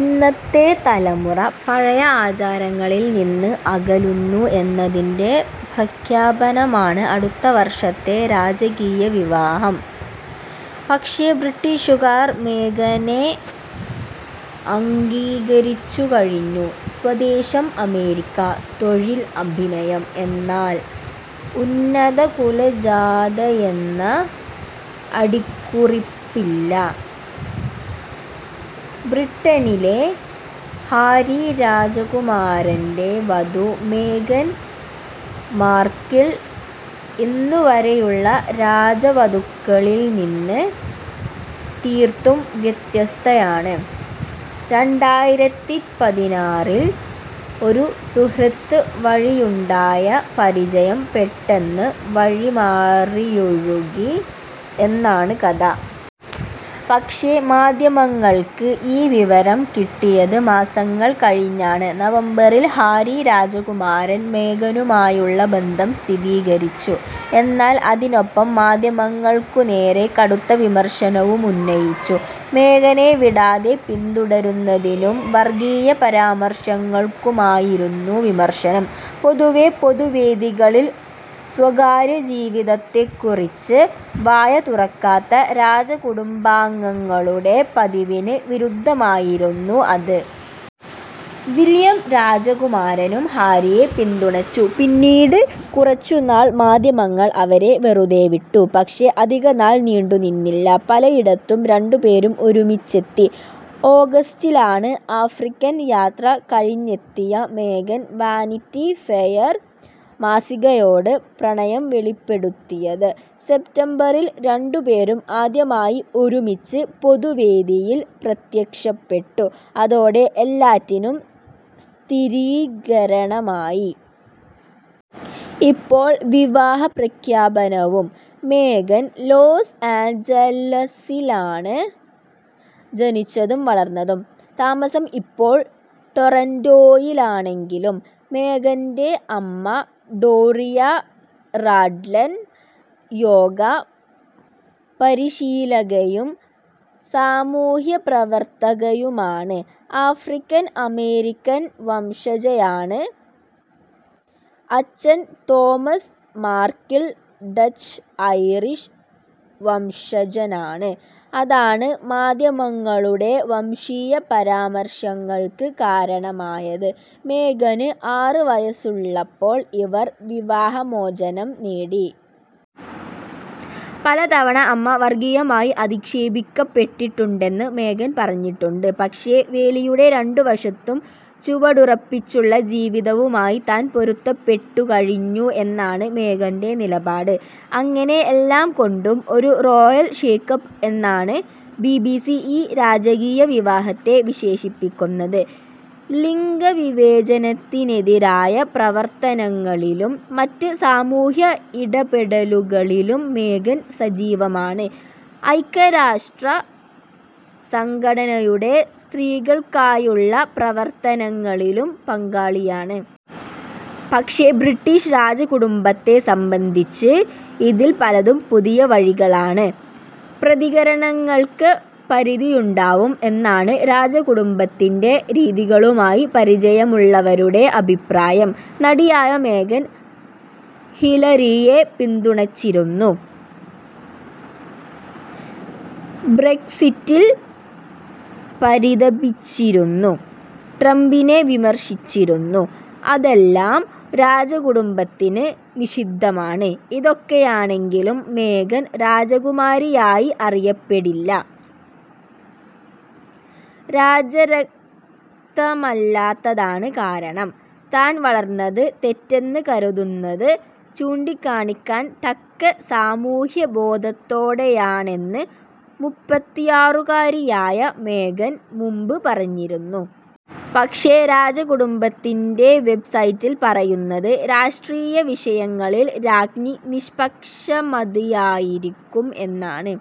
ഇന്നത്തെ തലമുറ പഴയ ആചാരങ്ങളിൽനിന്ന് അകലുന്നു എന്നതിന്റെ പ്രഖ്യാപനമാണ് അടുത്ത വർഷത്തെ രാജകീയ വിവാഹം. പക്ഷേ ബ്രിട്ടീഷുകാർ മേഗനെ അംഗീകരിച്ചുകഴിഞ്ഞു. സ്വദേശം അമേരിക്ക. തൊഴിൽ അഭിനയം. എന്നാൽ ഉന്നതകുലജാതയെന്ന അടിക്കുറിപ്പില്ല. ബ്രിട്ടനിലെ ഹാരി രാജകുമാരന്റെ വധു മേഗൻ മാർക്കിൾ ഇന്നുവരെയുള്ള രാജവധുക്കളിൽനിന്ന് തീർത്തും വ്യത്യസ്തയാണ്. രണ്ടായിരത്തി പതിനാറിൽ ഒരു സുഹൃത്ത് വഴിയുണ്ടായ പരിചയം പെട്ടെന്ന് വഴിമാറിയൊഴുകി എന്നാണ് കഥ. പക്ഷേ മാധ്യമങ്ങൾക്ക് ഈ വിവരം കിട്ടിയത് മാസങ്ങൾ കഴിഞ്ഞാണ്. നവംബറിൽ ഹാരി രാജകുമാരൻ മേഗനുമായുള്ള ബന്ധം സ്ഥിരീകരിച്ചു. എന്നാൽ അതിനൊപ്പം മാധ്യമങ്ങൾക്കുനേരെ കടുത്ത വിമർശനവുമുന്നയിച്ചു. മേഗനെ വിടാതെ പിന്തുടരുന്നതിനും വർഗീയ പരാമർശങ്ങൾക്കുമായിരുന്നു വിമർശനം. പൊതുവേ പൊതുവേദികളിൽ സ്വകാര്യജീവിതത്തെക്കുറിച്ച് വായ തുറക്കാത്ത രാജകുടുംബാംഗങ്ങളുടെ പതിവിന് വിരുദ്ധമായിരുന്നു അത്. വില്യം രാജകുമാരനും ഹാരിയെ പിന്തുണച്ചു. പിന്നീട് കുറച്ചുനാൾ മാധ്യമങ്ങൾ അവരെ വെറുതേവിട്ടു. പക്ഷേ അധികനാൾ നീണ്ടുനിന്നില്ല. പലയിടത്തും രണ്ടുപേരും ഒരുമിച്ചെത്തി. ഓഗസ്റ്റിലാണ് ആഫ്രിക്കൻ യാത്ര കഴിഞ്ഞെത്തിയ മേഗൻ വാനിറ്റി ഫെയർ മാസികയോട് പ്രണയം വെളിപ്പെടുത്തിയത്. സെപ്റ്റംബറിൽ രണ്ടുപേരും ആദ്യമായി ഒരുമിച്ച് പൊതുവേദിയിൽ പ്രത്യക്ഷപ്പെട്ടു. അതോടെ എല്ലാറ്റിനും സ്ഥിരീകരണമായി. ഇപ്പോൾ വിവാഹപ്രഖ്യാപനവും. മേഗൻ ലോസ് ആഞ്ചലസിലാണ് ജനിച്ചതും വളർന്നതും. താമസം ഇപ്പോൾ ടൊറന്റോയിലാണെങ്കിലും മേഗന്റെ അമ്മ ഡോറിയ റാഡ്ലൻ യോഗ പരിശീലകയും സാമൂഹ്യപ്രവർത്തകയുമാണ്. ആഫ്രിക്കൻ അമേരിക്കൻ വംശജയാണ്. അച്ഛൻ തോമസ് മാർക്കിൾ ഡച്ച് ഐറിഷ് വംശജനാണ്. അതാണ് മാധ്യമങ്ങളുടെ വംശീയ പരാമർശങ്ങൾക്ക് കാരണമായത്. മേഗന് ആറ് വയസുള്ളപ്പോൾ ഇവർ വിവാഹമോചനം നേടി. പലതവണ അമ്മ വർഗീയമായി അധിക്ഷേപിക്കപ്പെട്ടിട്ടുണ്ടെന്ന് മേഗൻ പറഞ്ഞിട്ടുണ്ട്. പക്ഷേ വേലിയുടെ രണ്ടുവശത്തും ചുവടുറപ്പിച്ചുള്ള ജീവിതവുമായി താൻ പൊരുത്തപ്പെട്ടുകഴിഞ്ഞു എന്നാണ് മേഗന്റെ നിലപാട്. അങ്ങനെ എല്ലാംകൊണ്ടും ഒരു റോയൽ ഷേക്കപ്പ് എന്നാണ് ബിബിസി ഈ രാജകീയവിവാഹത്തെ വിശേഷിപ്പിക്കുന്നത്. ലിംഗവിവേചനത്തിനെതിരായ പ്രവർത്തനങ്ങളിലും മറ്റ് സാമൂഹ്യ ഇടപെടലുകളിലും മേഗൻ സജീവമാണ്. ഐക്യരാഷ്ട്ര സംഘടനയുടെ സ്ത്രീകൾക്കായുള്ള പ്രവർത്തനങ്ങളിലും പങ്കാളിയാണ്. പക്ഷേ ബ്രിട്ടീഷ് രാജകുടുംബത്തെ സംബന്ധിച്ച് ഇതിൽ പലതും പുതിയ വഴികളാണ്. പ്രതികരണങ്ങൾക്ക് പരിധിയുണ്ടാവും എന്നാണ് രാജകുടുംബത്തിന്റെ രീതികളുമായി പരിചയമുള്ളവരുടെ അഭിപ്രായം. നടിയായ മേഗൻ ഹിലരിയെ പിന്തുണച്ചിരുന്നു. ബ്രെക്സിറ്റിൽ പരിതപിച്ചിരുന്നു. ട്രംപിനെ വിമർശിച്ചിരുന്നു. അതെല്ലാം രാജകുടുംബത്തിന് നിഷിദ്ധമാണ്. ഇതൊക്കെയാണെങ്കിലും മേഗൻ രാജകുമാരിയായി അറിയപ്പെടില്ല. രാജരക്തമല്ലാത്തതാണ് കാരണം. താൻ വളർന്നത് തെറ്റെന്ന് കരുതുന്നത് ചൂണ്ടിക്കാണിക്കാൻ തക്ക സാമൂഹ്യബോധത്തോടെയാണെന്ന് മുപ്പത്തിയാറുകാരിയായ മേഗൻ മുമ്പ് പറഞ്ഞിരുന്നു. പക്ഷേ രാജകുടുംബത്തിന്റെ വെബ്സൈറ്റിൽ പറയുന്നത് രാഷ്ട്രീയവിഷയങ്ങളിൽ രാജ്ഞി നിഷ്പക്ഷമതിയായിരിക്കും എന്നാണ്.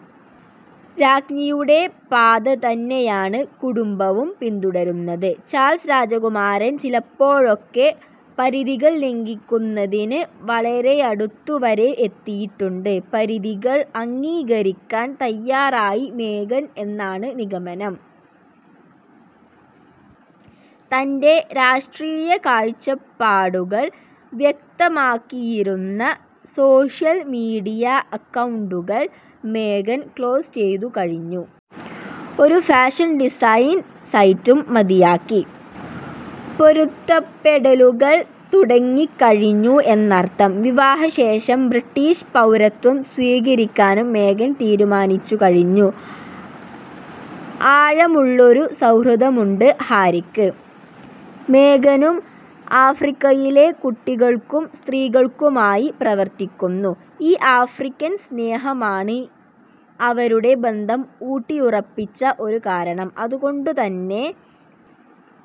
രാജ്ഞിയുടെ പാതതന്നെയാണ് കുടുംബവും പിന്തുടരുന്നത്. ചാൾസ് രാജകുമാരൻ ചിലപ്പോഴൊക്കെ പരിധികൾ ലംഘിക്കുന്നതിന് വളരെയടുത്തുവരെ എത്തിയിട്ടുണ്ട്. പരിധികൾ അംഗീകരിക്കാൻ തയ്യാറായി മേഗൻ എന്നാണ് നിഗമനം. തന്റെ രാഷ്ട്രീയകാഴ്ചപ്പാടുകൾ വ്യക്തമാക്കിയിരുന്ന സോഷ്യൽ മീഡിയ അക്കൗണ്ടുകൾ മേഗൻ ക്ലോസ് ചെയ്തു കഴിഞ്ഞു. ഒരു ഫാഷൻ ഡിസൈൻ സൈറ്റും മതിയാക്കി. പൊരുത്തപ്പെടലുകൾ തുടങ്ങിക്കഴിഞ്ഞു എന്നർത്ഥം. വിവാഹശേഷം ബ്രിട്ടീഷ് പൗരത്വം സ്വീകരിക്കാനും മേഗൻ തീരുമാനിച്ചുകഴിഞ്ഞു. ആഴമുള്ളൊരു സൗഹൃദമുണ്ട് ഹാരിക്ക്. മേഗനും ആഫ്രിക്കയിലെ കുട്ടികൾക്കും സ്ത്രീകൾക്കുമായി പ്രവർത്തിക്കുന്നു. ഈ ആഫ്രിക്കൻ സ്നേഹമാണ് അവരുടെ ബന്ധം ഊട്ടിയുറപ്പിച്ച ഒരു കാരണം. അതുകൊണ്ടുതന്നെ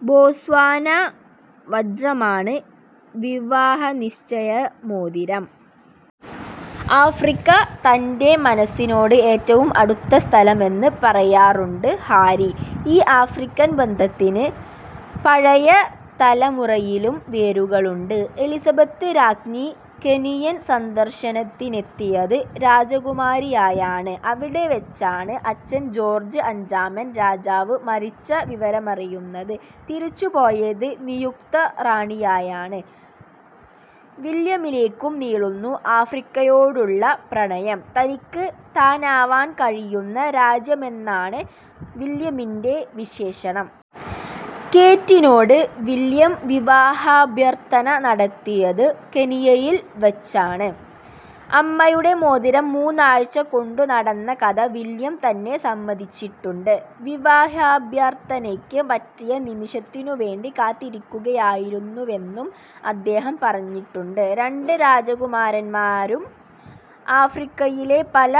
ബോസ്വാന വജ്രമാണ് വിവാഹനിശ്ചയമോതിരം. ആഫ്രിക്ക തന്റെ മനസ്സിനോട് ഏറ്റവും അടുത്ത സ്ഥലമെന്ന് പറയാറുണ്ട് ഹാരി.ഈ ആഫ്രിക്കൻ ബന്ധത്തിന് പഴയ തലമുറയിലും വേരുകളുണ്ട്. എലിസബത്ത് രാജ്ഞി കെനിയൻ സന്ദർശനത്തിനെത്തിയത് രാജകുമാരിയായാണ്. അവിടെവച്ചാണ് അച്ഛൻ ജോർജ് അഞ്ചാമൻ രാജാവ് മരിച്ച വിവരമറിയുന്നത്. തിരിച്ചുപോയത് നിയുക്ത റാണിയായാണ്. വില്യമിലേക്കും നീളുന്നു ആഫ്രിക്കയോടുള്ള പ്രണയം. തനിക്ക് താനാവാൻ കഴിയുന്ന രാജ്യമെന്നാണ് വില്യമിന്റെ വിശേഷണം. കേറ്റിനോട് വില്യം വിവാഹാഭ്യർഥന നടത്തിയത് കെനിയയിൽവച്ചാണ്. അമ്മയുടെ മോതിരം മൂന്നാഴ്ച കൊണ്ടുനടന്ന കഥ വില്യം തന്നെ സമ്മതിച്ചിട്ടുണ്ട്. വിവാഹാഭ്യർഥനയ്ക്ക് പറ്റിയ നിമിഷത്തിനുവേണ്ടി കാത്തിരിക്കുകയായിരുന്നുവെന്നും അദ്ദേഹം പറഞ്ഞിട്ടുണ്ട്. രണ്ട് രാജകുമാരന്മാരും ആഫ്രിക്കയിലെ പല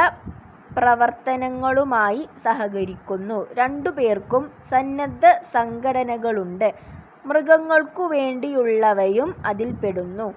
പ്രവർത്തനങ്ങളുമായി സഹകരിക്കുന്നു. രണ്ടുപേർക്കും സന്നദ്ധ സംഘടനകളുണ്ട്. മൃഗങ്ങൾക്കുവേണ്ടിയുള്ളവയും അതിൽപ്പെടുന്നു.